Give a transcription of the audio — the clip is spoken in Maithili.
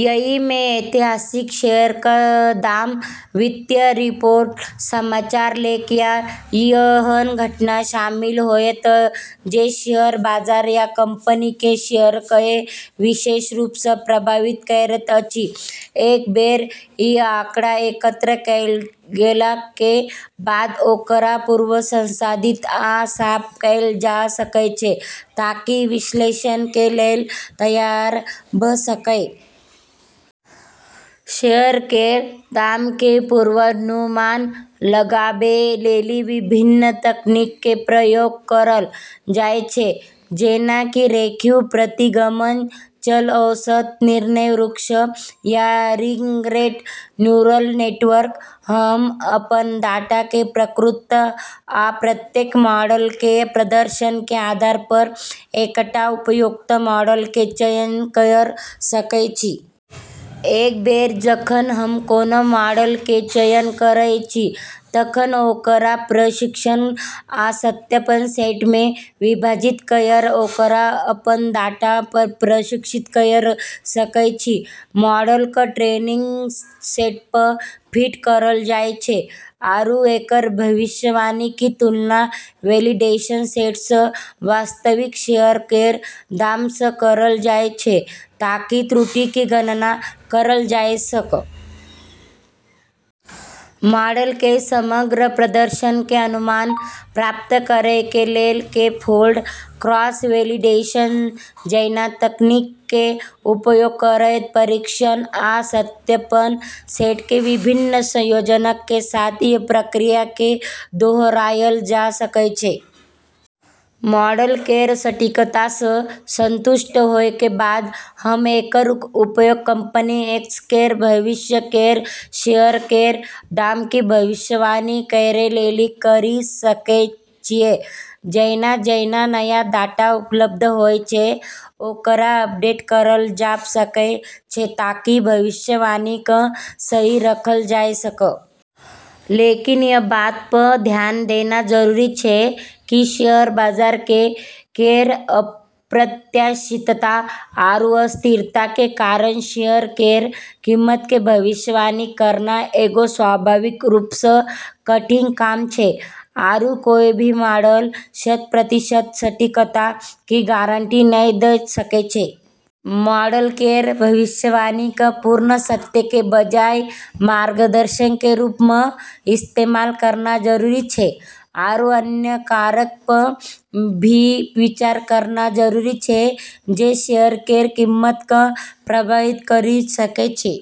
एहि मे ऐतिहासिक शेयर क दाम, वित्तीय रिपोर्ट, समाचार लेख या एहन घटना शामिल होएत जे शेयर बाजार या कंपनी क शेयर कए विशेष रूप स प्रभावित करैत अछि। एक बेर इ आंकड़ा एकत्र कैल गेलाक कें बाद ओकरा पूर्व संसाधित आ साफ कैल जा सकय छै ताकि विश्लेषण कें लेल तैयार भ सकय. शेयर केरऽ दाम के पूर्वानुमान लगाबै लेली विभिन्न तकनीक के प्रयोग करलऽ जाय छै, जेना कि रेखीय प्रतिगमन, चल औसत, निर्णय वृक्ष या रिकरेंट न्यूरल नेटवर्क। हम अपन डाटा कें प्रकृति आ प्रत्येक मॉडल कें प्रदर्शन कें आधार पर एकटा उपयुक्त मॉडल कें चयन कयर सकय छी. एक बेर जखन हम कोनों मॉडल कें चयन करय छी तखन ओकरा प्रशिक्षण आ सत्यापन सेट मे विभाजित कयर ओकरा अपन डाटा पर प्रशिक्षित कयर सकय छी. मॉडल क॑ ट्रेनिंग सेट प॑ फिट करलऽ जाय छै आरू एकरऽ भविष्यवाणी के तुलना वैलिडेशन सेट स॑ वास्तविक शेयर केरऽ दाम स॑ करलऽ जाय छै ताकि त्रुटि के गणना करलऽ जाय सक॑। मॉडल कें समग्र प्रदर्शन कें अनुमान प्राप्त करय कें लेल के-फोल्ड क्रॉस-वैलिडेशन जैना तकनीक कें उपयोग करयत प्रशिक्षण आ सत्यापन सेट कें विभिन्न संयोजनक कें साथ इ प्रक्रिया कें दोहराएल जा सकय छै. मॉडल केरऽ सटीकता स॑ संतुष्ट होय के बाद, हम्मं॑ एकरऽ उपयोग कंपनी एक्स केरऽ भविष्य केरऽ शेयर केरऽ दाम के भविष्यवाणी करै लेली करी सकै छियै। जैना-जैना नया डाटा उपलब्ध होय छै, ओकरा अपडेट करलऽ जाब॑ सकै छै ताकि भविष्यवाणी क॑ सही रखलऽ जाय सक॑। लेकिन ई बात प॑ ध्यान देना जरूरी छै कि शेयर बाजार केरऽ अप्रत्याशितता आरू अस्थिरता के कारण शेयर केरऽ कीमत के भविष्यवाणी करना एगो स्वाभाविक रूप स॑ कठिन काम छै, आरू कोय भी मॉडल शत-प्रतिशत सटीकता के गारंटी नै द॑ सकै छै। मॉडल केरऽ भविष्यवाणी क॑ पूर्ण सत्य के बजाय मार्गदर्शन के रूप म॑ इस्तेमाल करना जरूरी छै आरू अन्य कारकऽ प॑ भी विचार करना जरूरी छै जे शेयर केरऽ कीमत क॑ प्रभावित करी सकै छै।